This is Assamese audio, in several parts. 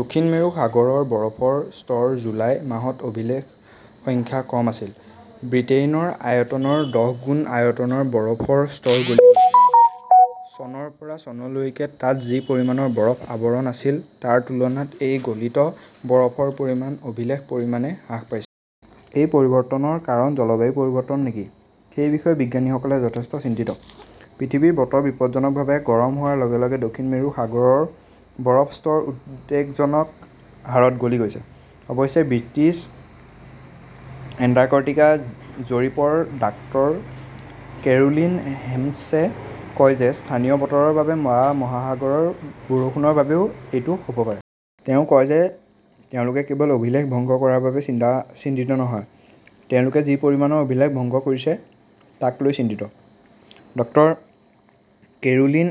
দক্ষিণ মেৰু সাগৰৰ বৰফৰ স্তৰ জুলাই মাহত অভিলেখ সংখ্যক কম আছিল। ব্ৰিটেইনৰ আয়তনৰ দহগুণ আয়তনৰ বৰফৰ স্তৰ গলি গৈছে। চনৰ পৰা চনলৈকে তাত যি পৰিমাণৰ বৰফৰ আৱৰণ আছিল তাৰ তুলনাত এই গলিত বৰফৰ পৰিমাণ অভিলেখ পৰিমাণে হ্ৰাস পাইছে। এই পৰিৱৰ্তনৰ কাৰণ জলবায়ু পৰিৱৰ্তন নেকি সেই বিষয়ে বিজ্ঞানীসকলে যথেষ্ট চিন্তিত। পৃথিৱীৰ বতৰ বিপদজনকভাৱে গৰম হোৱাৰ লগে লগে দক্ষিণ মেৰু সাগৰৰ বৰফৰ স্তৰ উদ্বেগজনক হাৰত গলি গৈছে। অৱশ্যে, ব্ৰিটিছ এণ্টাৰ্কটিকা জৰীপৰ ডাক্তৰ কেৰোলিন হোমছে কয় যে স্থানীয় বতৰৰ বাবে বা মহাসাগৰৰ বৰষুণৰ বাবেও এইটো হ'ব পাৰে। তেওঁ কয় যে তেওঁলোকে কেৱল অভিলেখ ভংগ কৰাৰ বাবেই চিন্তিত নহয়, তেওঁলোকে যি পৰিমাণৰ অভিলেখ ভংগ কৰিছে তাক লৈ চিন্তিত। ড. কেৰোলিন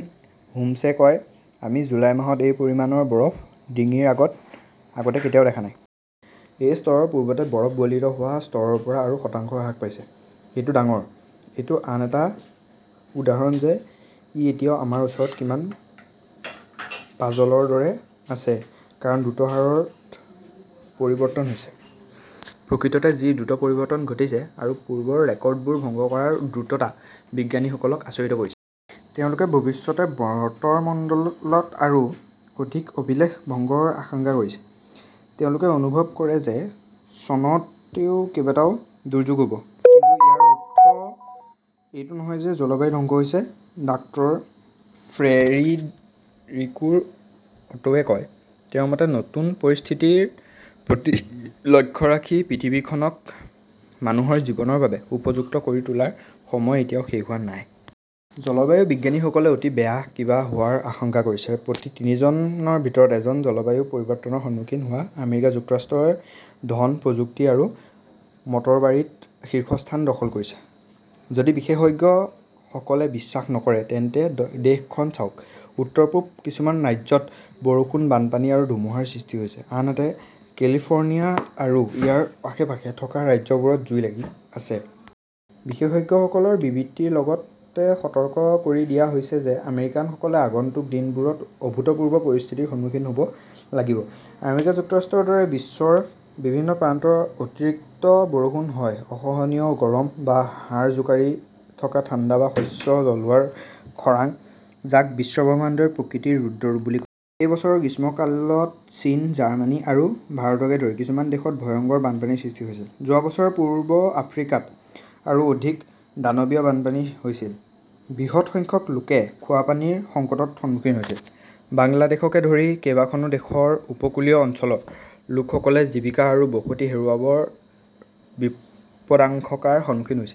হোমছে কয়, আমি জুলাই মাহত এই পৰিমাণৰ বৰফৰ ডিঙি আগতে কেতিয়াও দেখা নাই। এই স্তৰ পূৰ্বতে বৰফ গলিত হোৱা স্তৰৰ পৰা আৰু শতাংশ হ্ৰাস পাইছে। এইটো ডাঙৰ। এইটো আন এটা উদাহৰণ যে ই এতিয়াও আমাৰ ওচৰত কিমান পাজলৰ দৰে আছে কাৰণ দ্ৰুত হাৰত পৰিৱৰ্তন হৈছে। প্ৰকৃততে যি দ্ৰুত পৰিৱৰ্তন ঘটিছে আৰু পূৰ্বৰ ৰেকৰ্ডবোৰ ভংগ কৰাৰ দ্ৰুততা বিজ্ঞানীসকলক আচৰিত কৰিছে। তেওঁলোকে ভৱিষ্যতে বতৰমণ্ডলত আৰু অধিক অভিলেখ ভংগৰ আশংকা কৰিছে। তেওঁলোকে অনুভৱ কৰে যে চনতও কেইবাটাও দুৰ্যোগ হ 'ব। কিন্তু ইয়াৰ অৰ্থ এইটো নহয় যে জলবায়ু ধ্বংস হৈছে ডাক্তৰ ফ্ৰেডেৰিকো অটোৱে কয়। তেওঁৰ মতে, নতুন পৰিস্থিতিৰ প্ৰতি লক্ষ্য ৰাখি পৃথিৱীখনক মানুহৰ জীৱনৰ বাবে উপযুক্ত কৰি তোলাৰ সময় এতিয়াও শেষ হোৱা নাই । জলবায়ুঃ বিজ্ঞানীসকলে অতি বেয়া কিবা হোৱাৰ আশংকা কৰিছে প্ৰতি তিনিজনৰ ভিতৰত এজন জলবায়ু পৰিৱৰ্তনৰ সন্মুখীন হোৱা আমেৰিকা যুক্তৰাষ্ট্ৰই ধন, প্ৰযুক্তি আৰু মৰ্টবাৰীত শীৰ্ষস্থান দখল কৰিছে। যদি বিশেষজ্ঞসকলে বিশ্বাস নকৰে, তেন্তে দেশখন চাওক। উত্তৰ-পূবৰ কিছুমান ৰাজ্যত বৰষুণ, বানপানী আৰু ধুমুহাৰ সৃষ্টি হৈছে; আনহাতে কেলিফৰ্ণিয়া আৰু ইয়াৰ আশে-পাশে থকা ৰাজ্যবোৰত জুই লাগি আছে। বিশেষজ্ঞসকলৰ বিবৃতিত লগতে সতৰ্ক কৰি দিয়া হৈছে যে আমেৰিকানসকলে আগন্তুক দিনবোৰত অভূতপূৰ্ব পৰিস্থিতিৰ সন্মুখীন হ 'ব লাগিব। আমেৰিকা যুক্তৰাষ্ট্ৰৰ দৰে বিশ্বৰ বিভিন্ন প্ৰান্তত অতিৰিক্ত বৰষুণ হয় অসহনীয় গৰম; বা হাড় জোকাৰি থকা ঠাণ্ডা বা শস্য জ্বলোৱা খৰাং, যাক বিশ্বব্ৰহ্মাণ্ডই প্ৰকৃতিৰ ৰুদ্ৰ ৰূপ বুলি কয়। এই বছৰৰ গ্ৰীষ্মকালত চীন, জাৰ্মানী আৰু ভাৰতকে ধৰি কিছুমান দেশত ভয়ংকৰ বানপানীৰ সৃষ্টি হৈছিল। যোৱা বছৰ পূব আফ্ৰিকাত আৰু অধিক দানৱীয় বানপানী হৈছিল। বৃহৎ সংখ্যক লোকে খোৱা পানীৰ সংকটৰ সন্মুখীন হৈছে। বাংলাদেশকে ধৰি কেইবাখনো দেশৰ উপকূলীয় অঞ্চলৰ লোকসকলে জীৱিকা আৰু বসতি হেৰুৱাৰ বিপদাশংকাৰ সন্মুখীন হৈছে।